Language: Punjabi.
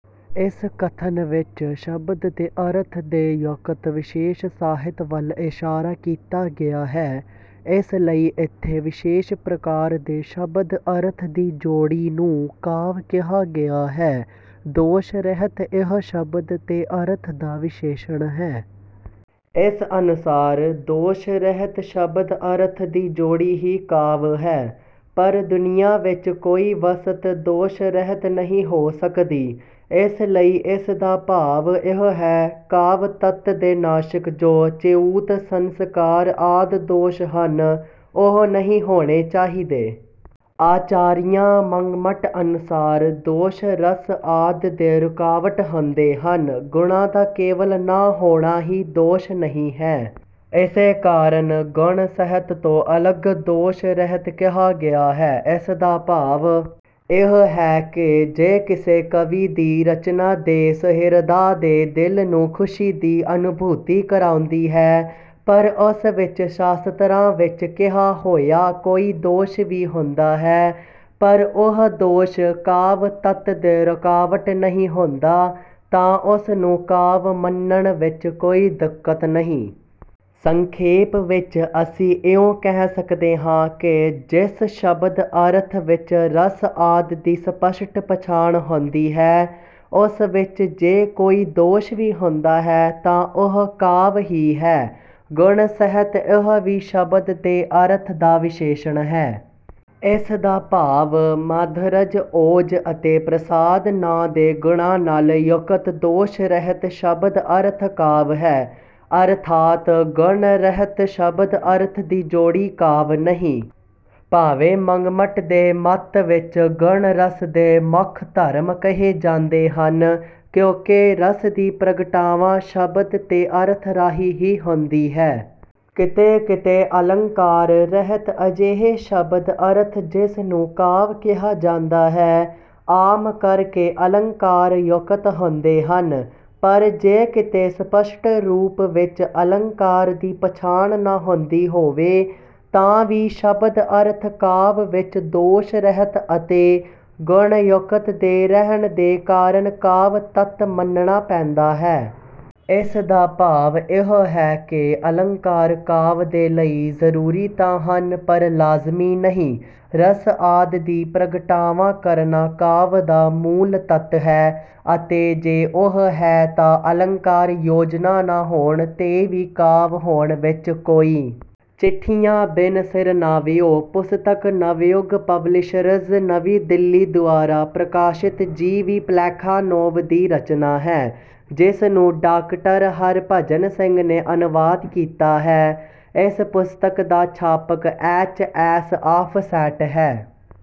ਇਸ ਕਥਨ ਵਿੱਚ ਸ਼ਬਦ ਤੇ ਅਰਥ ਦੇ ਯੁਕਤ ਵਿਸ਼ੇਸ਼ ਸਾਹਿਤ ਵੱਲ ਇਸ਼ਾਰਾ ਕੀਤਾ ਗਿਆ ਹੈ। ਇਸ ਲਈ ਇਥੇ ਵਿਸ਼ੇਸ਼ ਪ੍ਰਕਾਰ ਦੇ ਸ਼ਬਦ ਅਰਥ ਦੀ ਜੋੜੀ ਨੂੰ ਕਾਵਿ ਕਿਹਾ ਗਿਆ ਹੈ। ਦੋਸ਼ ਰਹਿਤ ਇਹ ਸ਼ਬਦ ਤੇ ਅਰਥ ਦਾ ਵਿਸ਼ੇਸ਼ਣ ਹੈ। ਇਸ ਅਨੁਸਾਰ ਦੋਸ਼ ਰਹਿਤ ਸ਼ਬਦ ਅਰਥ ਦੀ ਜੋੜੀ ਹੀ ਕਾਵਿ ਹੈ। ਪਰ ਦੁਨੀਆਂ ਵਿਚ ਕੋਈ ਵਸਤ ਦੋਸ਼ ਰਹਿਤ ਨਹੀਂ ਹੋ ਸਕਦੀ। ਇਸ ਲਈ ਇਸ ਦਾ ਭਾਵ ਇਹ ਹੈ ਕਾਵਿ ਤੱਤ ਦੇ ਨਾਸ਼ਕ ਜੋ ਚਿਊਤ ਸੰਸਕਾਰ ਆਦਿ ਦੋਸ਼ ਹਨ ਉਹ ਨਹੀਂ ਹੋਣੇ ਚਾਹੀਦੇ। ਆਚਾਰੀਆ ਮੰਮਟ ਅਨੁਸਾਰ ਦੋਸ਼ ਰਸ ਆਦਿ ਦੇ ਰੁਕਾਵਟ ਹੁੰਦੇ ਹਨ ਗੁਣਾਂ ਦਾ ਕੇਵਲ ਨਾ ਹੋਣਾ ਹੀ ਦੋਸ਼ ਨਹੀਂ ਹੈ। ਇਸੇ ਕਾਰਨ ਗੁਣ ਸਹਿਤ ਤੋਂ ਅਲੱਗ ਦੋਸ਼ ਰਹਿਤ ਕਿਹਾ ਗਿਆ ਹੈ। ਇਸ ਦਾ ਭਾਵ ਇਹ ਹੈ ਕਿ ਜੇ ਕਿਸੇ ਕਵੀ ਦੀ ਰਚਨਾ ਦੇ ਸੁਹਿਰਦਾਂ ਦੇ ਦਿਲ ਨੂੰ ਖੁਸ਼ੀ ਦੀ ਅਨੁਭੂਤੀ ਕਰਾਉਂਦੀ ਹੈ ਪਰ ਉਸ ਵਿੱਚ ਸ਼ਾਸਤਰਾਂ ਵਿੱਚ ਕਿਹਾ ਹੋਇਆ ਕੋਈ ਦੋਸ਼ ਵੀ ਹੁੰਦਾ ਹੈ ਪਰ ਉਹ ਦੋਸ਼ ਕਾਵਿ ਤੱਤ ਦੇ ਰੁਕਾਵਟ ਨਹੀਂ ਹੁੰਦਾ ਤਾਂ ਉਸ ਨੂੰ ਕਾਵਿ ਮੰਨਣ ਵਿੱਚ ਕੋਈ ਦਿੱਕਤ ਨਹੀਂ। ਸੰਖੇਪ ਵਿੱਚ ਅਸੀਂ ਇਉਂ ਕਹਿ ਸਕਦੇ ਹਾਂ ਕਿ ਜਿਸ ਸ਼ਬਦ ਅਰਥ ਵਿੱਚ ਰਸ ਆਦਿ ਦੀ ਸਪਸ਼ਟ ਪਛਾਣ ਹੁੰਦੀ ਹੈ ਉਸ ਵਿੱਚ ਜੇ ਕੋਈ ਦੋਸ਼ ਵੀ ਹੁੰਦਾ ਹੈ ਤਾਂ ਉਹ ਕਾਵਿ ਹੀ ਹੈ। ਗੁਣ ਸਹਿਤ ਇਹ ਵੀ ਸ਼ਬਦ ਤੇ ਅਰਥ ਦਾ ਵਿਸ਼ੇਸ਼ਣ ਹੈ। ਇਸ ਦਾ ਭਾਵ ਮਾਧੁਰਜ ਓਜ ਅਤੇ ਪ੍ਰਸਾਦ ਨਾਂ ਦੇ ਗੁਣਾਂ ਨਾਲ ਯੁਕਤ ਦੋਸ਼ ਰਹਿਤ ਸ਼ਬਦ ਅਰਥ ਕਾਵਿ ਹੈ ਅਰਥਾਤ ਗੁਣ ਰਹਿਤ ਸ਼ਬਦ ਅਰਥ ਦੀ ਜੋੜੀ ਕਾਵਿ ਨਹੀਂ। ਭਾਵੇਂ ਮੰਮਟ ਦੇ ਮੱਤ ਵਿੱਚ ਗੁਣ ਰਸ ਦੇ ਮੁੱਖ ਧਰਮ ਕਹੇ ਜਾਂਦੇ ਹਨ ਕਿਉਂਕਿ ਰਸ ਦੀ ਪ੍ਰਗਟਾਵਾ ਸ਼ਬਦ ਤੇ ਅਰਥ ਰਾਹੀਂ ਹੀ ਹੁੰਦੀ ਹੈ। ਕਿਤੇ ਕਿਤੇ ਅਲੰਕਾਰ ਰਹਿਤ ਅਜਿਹੇ ਸ਼ਬਦ ਅਰਥ ਜਿਸ ਨੂੰ ਕਾਵਿ ਕਿਹਾ ਜਾਂਦਾ ਹੈ ਆਮ ਕਰਕੇ ਅਲੰਕਾਰ ਯੁਕਤ ਹੁੰਦੇ ਹਨ ਪਰ ਜੇ ਕਿਤੇ ਸਪਸ਼ਟ ਰੂਪ ਵਿੱਚ ਅਲੰਕਾਰ ਦੀ ਪਛਾਣ ਨਾ ਹੁੰਦੀ ਹੋਵੇ ਤਾਂ ਵੀ ਸ਼ਬਦ ਅਰਥ ਕਾਵਿ ਵਿੱਚ ਦੋਸ਼ ਰਹਿਤ ਅਤੇ ਗੁਣ ਯੁਕਤ ਦੇ ਰਹਿਣ ਦੇ ਕਾਰਨ ਕਾਵਿ ਤੱਤ ਮੰਨਣਾ ਪੈਂਦਾ ਹੈ। ਇਸ ਦਾ ਭਾਵ ਇਹ ਹੈ ਕਿ ਅਲੰਕਾਰ ਕਾਵਿ ਦੇ ਲਈ ਜ਼ਰੂਰੀ ਤਾਂ ਹਨ ਪਰ ਲਾਜ਼ਮੀ ਨਹੀਂ। ਰਸ ਆਦਿ ਦੀ ਪ੍ਰਗਟਾਵਾ ਕਰਨਾ ਕਾਵਿ ਦਾ ਮੂਲ ਤੱਤ ਹੈ ਅਤੇ ਜੇ ਉਹ ਹੈ ਤਾਂ ਅਲੰਕਾਰ ਯੋਜਨਾ ਨਾ ਹੋਣ ਤੇ ਵੀ ਕਾਵਿ ਹੋਣ ਵਿੱਚ ਕੋਈ। ਚਿੱਠੀਆਂ ਬਿਨ ਸਿਰਨਾਵਿਓਂ ਪੁਸਤਕ ਨਵਯੁਗ ਪਬਲਿਸ਼ਰਜ਼ ਨਵੀਂ ਦਿੱਲੀ ਦੁਆਰਾ ਪ੍ਰਕਾਸ਼ਿਤ ਜੀ ਵੀ ਪਲੈਖਾਨੋਵ ਦੀ ਰਚਨਾ ਹੈ ਜਿਸ ਨੂੰ ਡਾਕਟਰ ਹਰਿਭਜਨ ਸਿੰਘ ਨੇ ਅਨੁਵਾਦ ਕੀਤਾ ਹੈ। ਇਸ ਪੁਸਤਕ ਦਾ ਛਾਪਕ ਐਚ ਐਸ ਆਫਸੈਟ ਹੈ।